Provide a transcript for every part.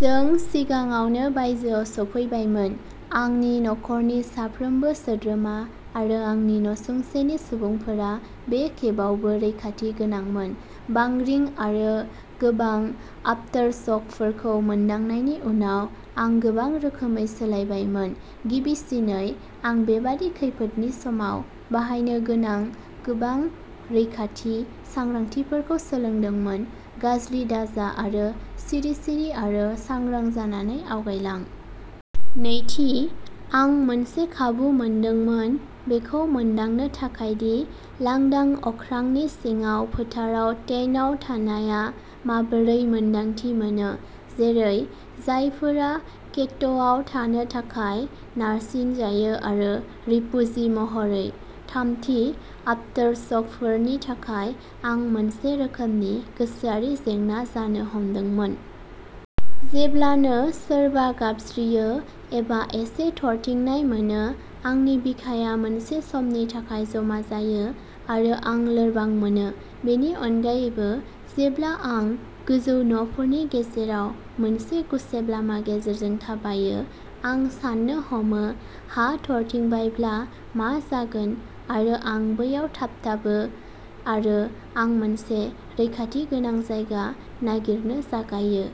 जों सिगाङावनो बायजोआव सफैबायमोन। आंनि नखरनि साफ्रोमबो सोद्रोमा आरो आंनि नसुंसेनि सुबुंफोरा बे खेबावबो रैखाथि गोनांमोन। बांग्रि आरो गोबां आफटारशकफोरखौ मोनदांनायनि उनाव, आं गोबां रोखोमै सोलायबायमोन। गिबिसिनै आं बेबादि खैफोदनि समाव बाहायनो गोनां गोबां रैखाथि सांग्रांथिफोरखौ सोलोंदोंमोन गाज्रि दाजा आरो सिरि-सिरि आरो सांग्रां जानानै आवगायलां। नैथि, आं मोनसे खाबु मोनदोंमोन बेखौ मोनदांनो थाखाय दि लांदां अख्रांनि सिङाव फोथाराव टेन्टआव थानाया माबोरै मोन्दांथि मोनो, जेरै जायफोरा घेट्ट'आव थानो थाखाय नारसिन जायो एबा रिफुजि महरै। थामथि, आफटारसकफोरनि थाखाय, आं मोनसे रोखोमनि गोसोआरि जेंना जानो हमदोंमोन। जेब्लानो सोरबा गाबज्रियो एबा एसे थरथिंनाय मोनो, आंनि बिखाया मोनसे समनि थाखाय जमा जायो आरो आं लोरबां मोनो। बेनि अनगायैबो, जेब्ला आं गोजौ न'फोरनि गेजेराव मोनसे गुसेब लामा गेजेरजों थाबायो, आं साननो हमो हा थरथिंबायब्ला मा जागोन आरो आं बैयाव थाबथाबो आरो आं मोनसे रैखाथि गोनां जायगा नागिरनो जागायो।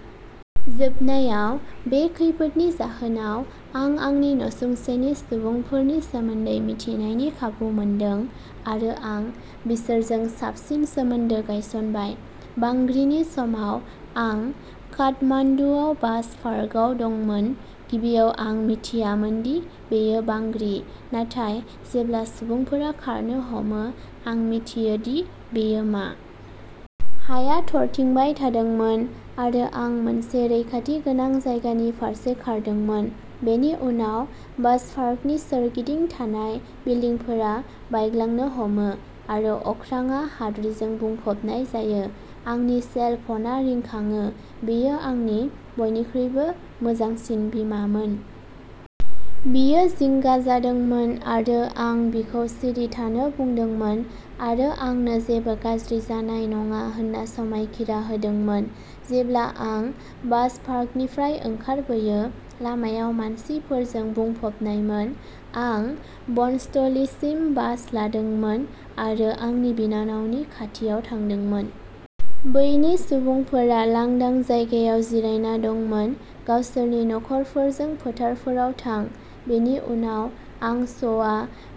जोबनायाव, बे खैफोदनि जाहोनाव, आं आंनि नसुंसेनि सुबुंफोरनि सोमोन्दै मिथिनायनि खाबु मोनदों, आरो आं बिसोरजों साबसिन सोमोन्दो गायसनबाय। बांग्रिनि समाव आं काठमान्डुआव बास पार्कआव दंमोन। गिबियाव आं मिथियामोन दि बेयो बांग्रि, नाथाय जेब्ला सुबुंफोरा खारनो हमो, आं मिथियो दि बेयो मा। हाया थरथिंबाय थादोंमोन आरो आं मोनसे रैखाथि गोनां जायगानि फारसे खारदोंमोन। बेनि उनाव बास पार्कनि सोरगिदिं थानाय बिल्दिंफोरा बायग्लांनो हमो आरो अख्राङा हाद्रिजों बुंफबनाय जायो। आंनि सेल फनआ रिंखाङो। बेयो आंनि बयनिख्रुइबो मोजांसिन बिमामोन। बियो जिंगा जादोंमोन आरो आं बिखौ सिरि थानो बुंदोंमोन आरो आंनो जेबो गाज्रि जानाय नङा होनना समायखिरा होदोंमोन। जेब्ला आं बास पार्कनिफ्राय ओंखारबोयो, लामायाव मानसिफोरजों बुंफबनायमोन। आं बनस्थलिसिम बास लादोंमोन आरो आंनि बिनानावनि खाथियाव थांदोंमोन। बैनि सुबुंफोरा लांदां जायगायाव जिरायना दंमोन। गावसोरनि नखरफोरजों फोथारफोराव थां। बेनि उनाव, आं श'वा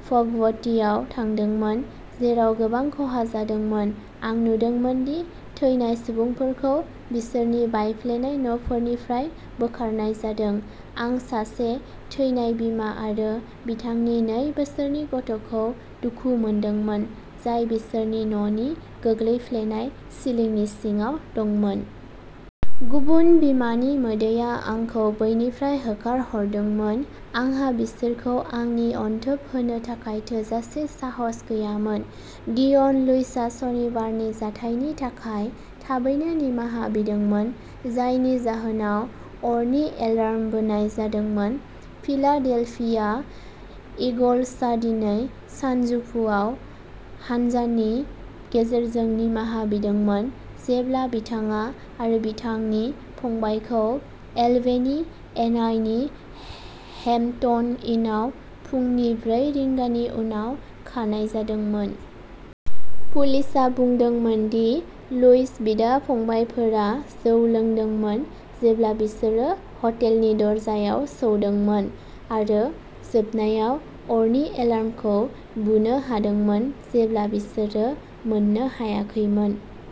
भगवतीआव थांदोंमोन, जेराव गोबां खहा जादोंमोन। आं नुदोंमोन दि थैनाय सुबुंफोरखौ बिसोरनि बायफ्लेनाय न'फोरनिफ्राय बोखारनाय जादों। आं सासे थैनाय बिमा आरो बिथांनि नै बोसोरनि गथ'खौ दुखु मोनदोंमोन, जाय बिसोरनि न'नि गोग्लैफ्लेनाय सिलिंनि सिङाव दंमोन। गुबुन बिमानि मोदैआ आंखौ बैनिफ्राय होखारहरदोंमोन। आंहा बिसोरखौ आंनि अनथोब होनो थाखाय थोजासे साहस गैयामोन। डिय'न लुइसआ सनिबारनि जाथायनि थाखाय थाबैनो निमाहा बिदोंमोन, जायनि जाहोनाव अरनि एलार्म बोनाय जादोंमोन। फिलाडेल्फिया इगल्सआ दिनै सानजौफुआव हानजानि गेजेरजों निमाहा बिदोंमोन, जेब्ला बिथाङा आरो बिथांनि फंबायखौ एल्बेनि, एन आइ नि हेम्पटन इनआव फुंनि ब्रै रिंगानि उनाव खानाय जादोंमोन। पुलिसआ बुंदोंमोन दि लुइस बिदा-फंबायफोरा जौ लोंदोंमोन जेब्ला बिसोरो हटेलनि दरजायाव सौदोंमोन आरो जोबनायाव अरनि एलार्मखौ बुनो हादोंमोन जेब्ला बिसोरो मोननो हायाखैमोन।